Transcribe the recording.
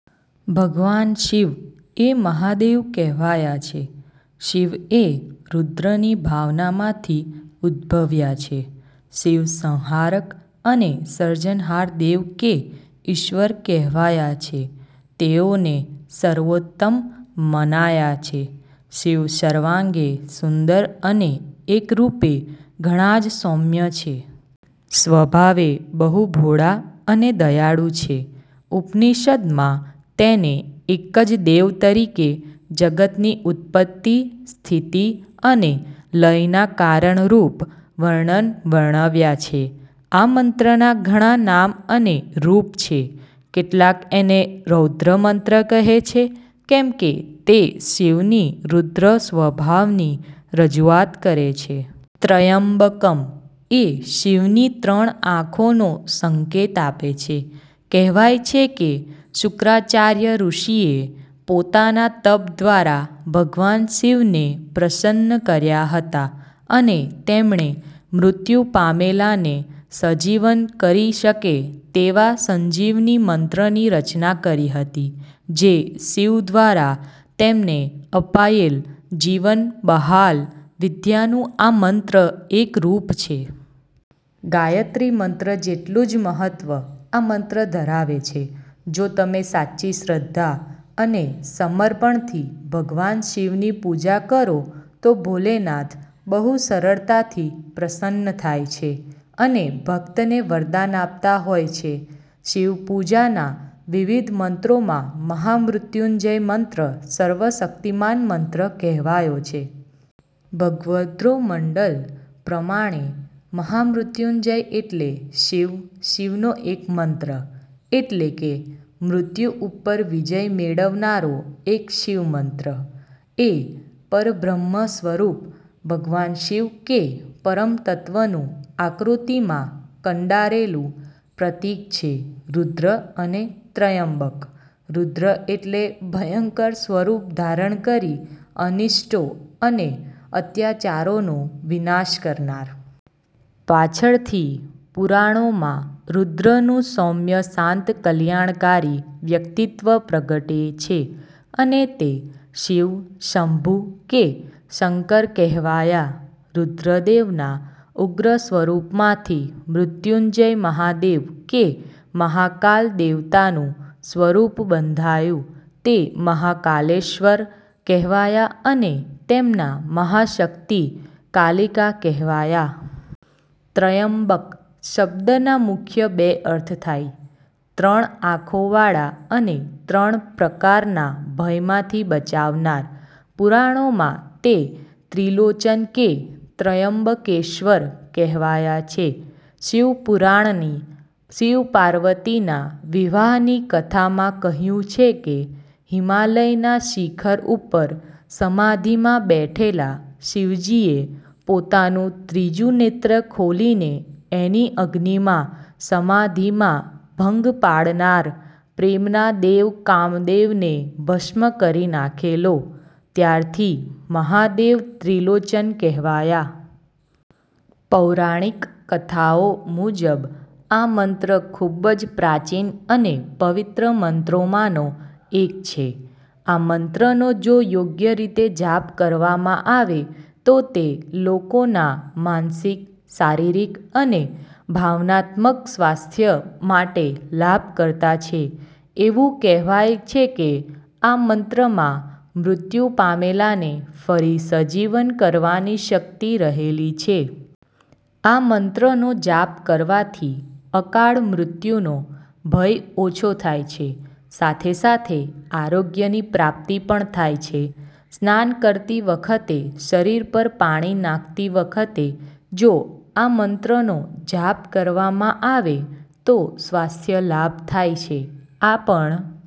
ભગવાન શિવ એ મહાદેવ કહેવાયા છે. શિવ એ રુદ્રની ભાવનામાંથી ઉદ્ભવ્યા છે. શિવ સંહારક અને સર્જનહાર દેવ કે ઈશ્વર કહેવાયા છે. તેઓને સર્વોત્તમ મનાયા છે. શિવ સર્વાંગે સુંદર અને એક રૂપે ઘણા જ સૌમ્ય છે. સ્વભાવે બહુ ભોળા અને દયાળુ છે. ઉપનિષદમાં તેને એક જ દેવ તરીકે જગતની ઉત્પત્તિ, સ્થિતિ અને લયના કારણ રૂપ વર્ણન વર્ણવ્યા છે. આ મંત્રના ઘણા નામ અને રૂપ છે. કેટલાક એને રૌદ્ર મંત્ર કહે છે કેમકે તે શિવની રૂદ્ર સ્વભાવની રજૂઆત કરે છે. ત્ર્યંબકમ એ શિવની ત્રણ આંખોનો સંકેત આપે છે. કહેવાય છે કે શુક્રાચાર્ય ઋષિએ પોતાના તપ દ્વારા ભગવાન શિવને પ્રસન્ન કર્યા હતા અને તેમણે મૃત્યુ પામેલાને સજીવન કરી શકે તેવા સંજીવની મંત્રની રચના કરી હતી જે શિવ દ્વારા તેમને અપાયેલ જીવન-બહાલ વિદ્યાનું આ મંત્ર એક રૂપ છે. ગાયત્રી મંત્ર જેટલું જ મહત્ત્વ આ મંત્ર ધરાવે છે. જો તમે સાચી શ્રદ્ધા અને સમર્પણથી ભગવાન શિવની પૂજા કરો તો ભોલેનાથ બહુ સરળતાથી પ્રસન્ન થાય છે અને ભક્તને વરદાન આપતા હોય છે. શિવપૂજાના વિવિધ મંત્રોમાં મહામૃત્યુંજય મંત્ર સર્વ શક્તિમાન મંત્ર કહેવાયો છે. ભગવદ્ગોમંડલ પ્રમાણે મહામૃત્યુંજય એટલે શિવ, શિવનો એક મંત્ર. એટલે કે મૃત્યુ ઉપર વિજય મેળવનારો એક શિવમંત્ર. એ પરબ્રહ્નસ્વરૂપ ભગવાન શિવ કે પરમતત્વનું આકૃતિમાં કંડારેલું પ્રતીક છે; રુદ્ર અને ત્રયંબક. 'રુદ્ર' એટલે ભયંકર સ્વરૂપ ધારણ કરી અનિષ્ટો અને અત્યાચારોનો વિનાશ કરનાર. પાછળથી પુરાણોમાં 'રુદ્ર'નું સૌમ્ય-શાન્ત કલ્યાણકારી વ્યક્તિત્વ પ્રગટે છે, અને તે 'શિવ', 'શંભુ' કે 'શંકર' કહેવાયા. રુદ્રદેવના ઉગ્ર સ્વરૂપમાંથી 'મૃત્યંજય મહાદેવ' કે 'મહાકાલ દેવતા'નું સ્વરૂપ બંધાયું. તે 'મહાકાલેશ્ર્વર' કહેવાયા અને તેમનાં મહાશક્તિ 'કાલિકા' કહેવાયા. 'ત્રયંબક' શબ્દના મુખ્ય બે અર્થ થાય: ત્રણ આંખોવાળા અને ત્રણ પ્રકારના ભયમાંથી બચાવનાર. પુરાણોમાં તે 'ત્રિલોચન' કે 'ત્રયંબકેશ્ર્વર' કહેવાયા છે. શિવપુરાણની શિવ-પાર્વતીના વિવાહની કથામાં કહ્યું છે કે હિમાલયના શિખર ઉપર સમાધિમાં બેઠેલા શિવજીએ પોતાનું ત્રીજું નેત્ર ખોલીને એની અગ્નિમાં સમાધિમાં ભંગ પાડનાર પ્રેમના દેવ કામદેવને ભસ્મ કરી નાખેલો; ત્યારથી મહાદેવ 'ત્રિલોચન' કહેવાયા. પૌરાણિક કથાઓ મુજબ આ મંત્ર ખૂબ જ પ્રાચીન અને પવિત્ર મંત્રોમાંનો એક છે. આ મંત્રનો જો યોગ્ય રીતે જાપ કરવામાં આવે તો તે લોકોના માનસિક, શારીરિક અને ભાવનાત્મક સ્વાસ્થય માટે લાભકર્તા છે. એવું કહેવાય છે કે આ મંત્રમાં મૃત્યુ પામેલાને ફરી સજીવન કરવાની શક્તિ રહેલી છે. આ મંત્રનો જાપ કરવાથી અકાળ મૃત્યુનો ભય ઓછો થાય છે સાથે સાથે આરોગ્યની પ્રાપ્તિ પણ થાય છે. સ્નાન કરતી વખતે શરીર પર પાણી નાંખતી વખતે જો આ મંત્રનો જાપ કરવામાં આવે તો સ્વાસ્થ્ય લાભ થાય છે. આ પણ